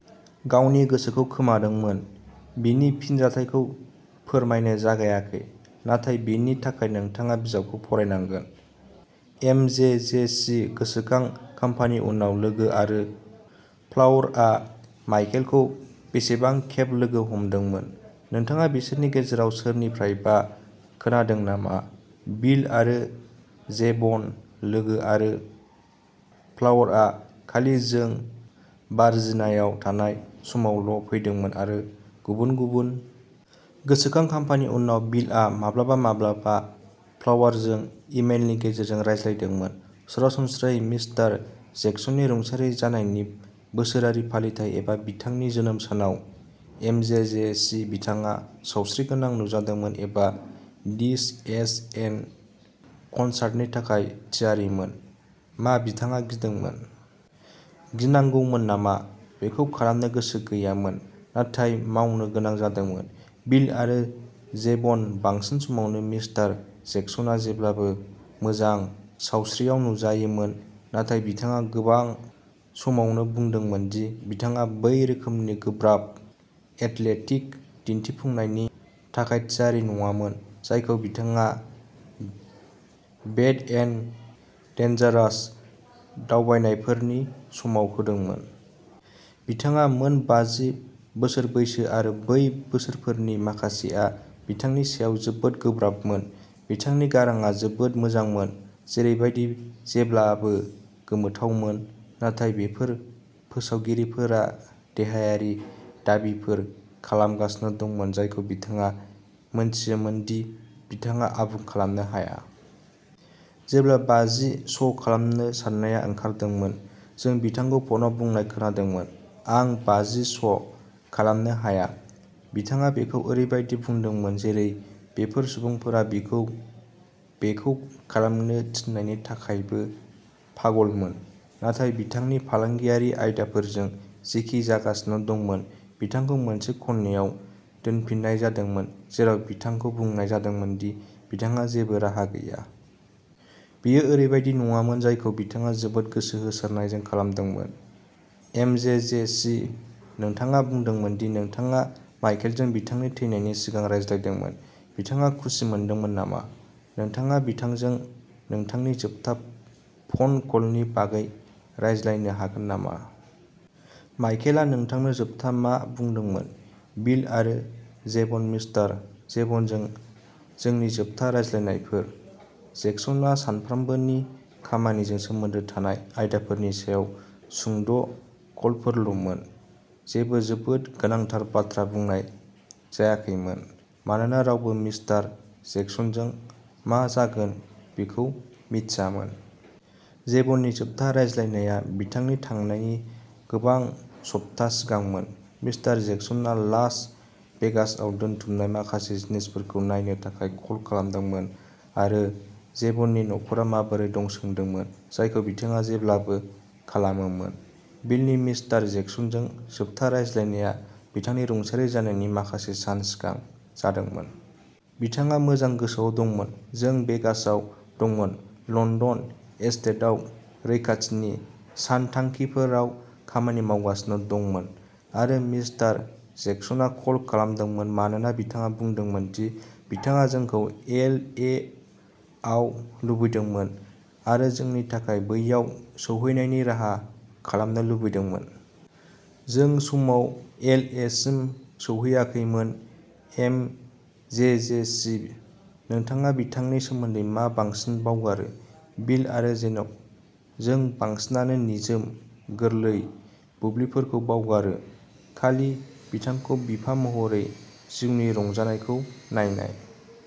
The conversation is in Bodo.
"गावनि गोसोखौ खोमादोंमोन" बिनि फिनजाथायखौ फोरमायनो जागायाखै, नाथाय बेनि थाखाय नोंथाङा बिजाबखौ फरायनांगोन। एमजेजेसी गोसोखां खाम्फानि उनाव लोगो आरो फ्लावरआ माइकेलखौ बेसेबां खेब लोगो हमदोंमोन? नोंथाङा बिसोरनि गेजेराव सोरनिफ्रायबा खोनादों नामा? बिल आरो जेभन लोगो आरो फ्लावरआ खालि जों भार्जिनायाव थानाय समावल' फैदोंमोन आरो गुबुन गुबुन। गोसोखां खाम्फानि उनाव बिलआ माब्लाबा-माब्लाबा फ्लावरजों इमेलनि गेजेरजों रायज्लायदोंमोन, सरासनस्रायै मिस्टार जेक्सननि रुंसारि जानायनि बोसोरारि फालिथाइ एबा बिथांनि जोनोम सानाव एमजेजेसी बिथाङा सावस्रिगोनां नुजादोंमोन एबा दिस इज इट कनसार्टनि थाखाय थियारिमोन? मा बिथाङा गिदोंमोन? गिनांगौमोन नामा? बेखौ खालामनो गोसो गैयामोन नाथाय मावनो गोनां जादोंमोन? बिल आरो जेभन बांसिन समावनो मिस्टार जेक्सनआ जेब्लाबो मोजां सावस्रियाव नुजायोमोन, नाथाय बिथाङा गोबां समावनो बुंदोंमोन दि बिथाङा बै रोखोमनि गोब्राब, एथलेटिक दिन्थिफुंनायनि थाखाय थियारि नङामोन, जायखौ बिथाङा बेड एन्ड डेन्जारास दावबायनायफोरनि समाव होदोंमोन। बिथाङा मोन बाजि बोसोर बैसो आरो बै बोसोरफोरनि माखासेआ बिथांनि सायाव जोबोद गोब्राबमोन। बिथांनि गारांआ जोबोद मोजांमोन, जेरैबादि जेब्लाबो गोमोथावमोन, नाथाय बेफोर फोसावगिरिफोरा देहायारि दाबिफोर खालामगासिनो दंमोन जायखौ बिथाङा मोनथियोमोन दि बिथाङा आबुं खालामनो हाया। जेब्ला बाजि श' खालामनो साननाया ओंखारदोंमोन, जों बिथांखौ फनआव बुंनाय खोनादोंमोन, "आं बाजि श' खालामनो हाया।" बिथाङा बेखौ ओरैबायदि बुंदोंमोन जेरै बेफोर सुबुंफोरा बिखौ बेखौ खालामनो थिननायनि थाखायबो पागलमोन। नाथाय बिथांनि फालांगियारि आयदाफोरजों जेखि जागासिनो दंमोन, बिथांखौ मोनसे खनायाव दोनफिननाय जादोंमोन जेराव बिथांखौ बुंनाय जादोंमोन दि बिथांहा जेबो राहा गैया। बेयो ओरैबायदि नङामोन जायखौ बिथाङा जोबोद गोसो होसारनायजों खालामदोंमोन। एमजेजेसी नोंथाङा बुंदोंमोन दि नोंथाङा माइकेलजों बिथांनि थैनायनि सिगां रायज्लायदोंमोन। बिथाङा खुसि मोनदोंमोन नामा? नोंथाङा बिथांजों नोंथांनि जोबथा फन कलनि बागै रायज्लायनो हागोन नामा? माइकेलआ नोंथांनो जोबथा मा बुंदोंमोन? बिल आरो जेभन मिस्टार जेभ'नजों जोंनि जोबथा रायज्लायनायफोर। जेक्सनआ सानफ्रोमबोनि खामानिजों सोमोन्दो थानाय आयदाफोरनि सायाव सुंद' कलफोरल'मोन। जेबो जोबोद गोनांथार बाथ्रा बुंनाय जायाखैमोन, मानोना रावबो मिस्टार जेक्सनजों मा जागोन बेखौ मिथियामोन। जेभननि जोबथा रायज्लायनाया बिथांनि थांनायनि गोबां सप्ता सिगांमोन मिस्टार जेक्सनआ लास भेगासआव दोनथुमनाय माखासे जिनिसफोरखौ नायनो थाखाय कल खालामदोंमोन आरो जेभननि नख'रा माबोरै दं सोंदोंमोन, जायखौ बिथाङा जेब्लाबो खालामोमोन। बिलनि मिस्टार जेक्सनजों जोबथा रायज्लायनाया बिथांनि रुंसारि जानायनि माखासे सान सिगां जादोंमोन। बिथाङा मोजां गोसोआव दंमोन। जों भेगासआव दंमोन, लन्दन एस्टेटआव रैखाथिनि सानथांखिफोराव खामानि मावगासिनो दंमोन आरो मिस्टार जेक्सनआ कल खालामदोंमोन मानोना बिथाङा बुंदोंमोन दि बिथाङा जोंखौ एल ए आव लुबैदोंमोन आरो जोंनि थाखाय बैयाव सौहैनायनि राहा खालामनो लुबैदोंमोन। जों समाव एल ए सिम सौहैयाखैमोन। एम जे जे सि नोंथाङा बिथांनि सोमोन्दै मा बांसिन बावगारो? बिल आरो जेभनः जों बांसिनानो निजोम, गोरलै बुब्लिफोरखौ बावगारो, खालि बिथांखौ बिफा महरै जिउनि रंजानायखौ नायनाय ।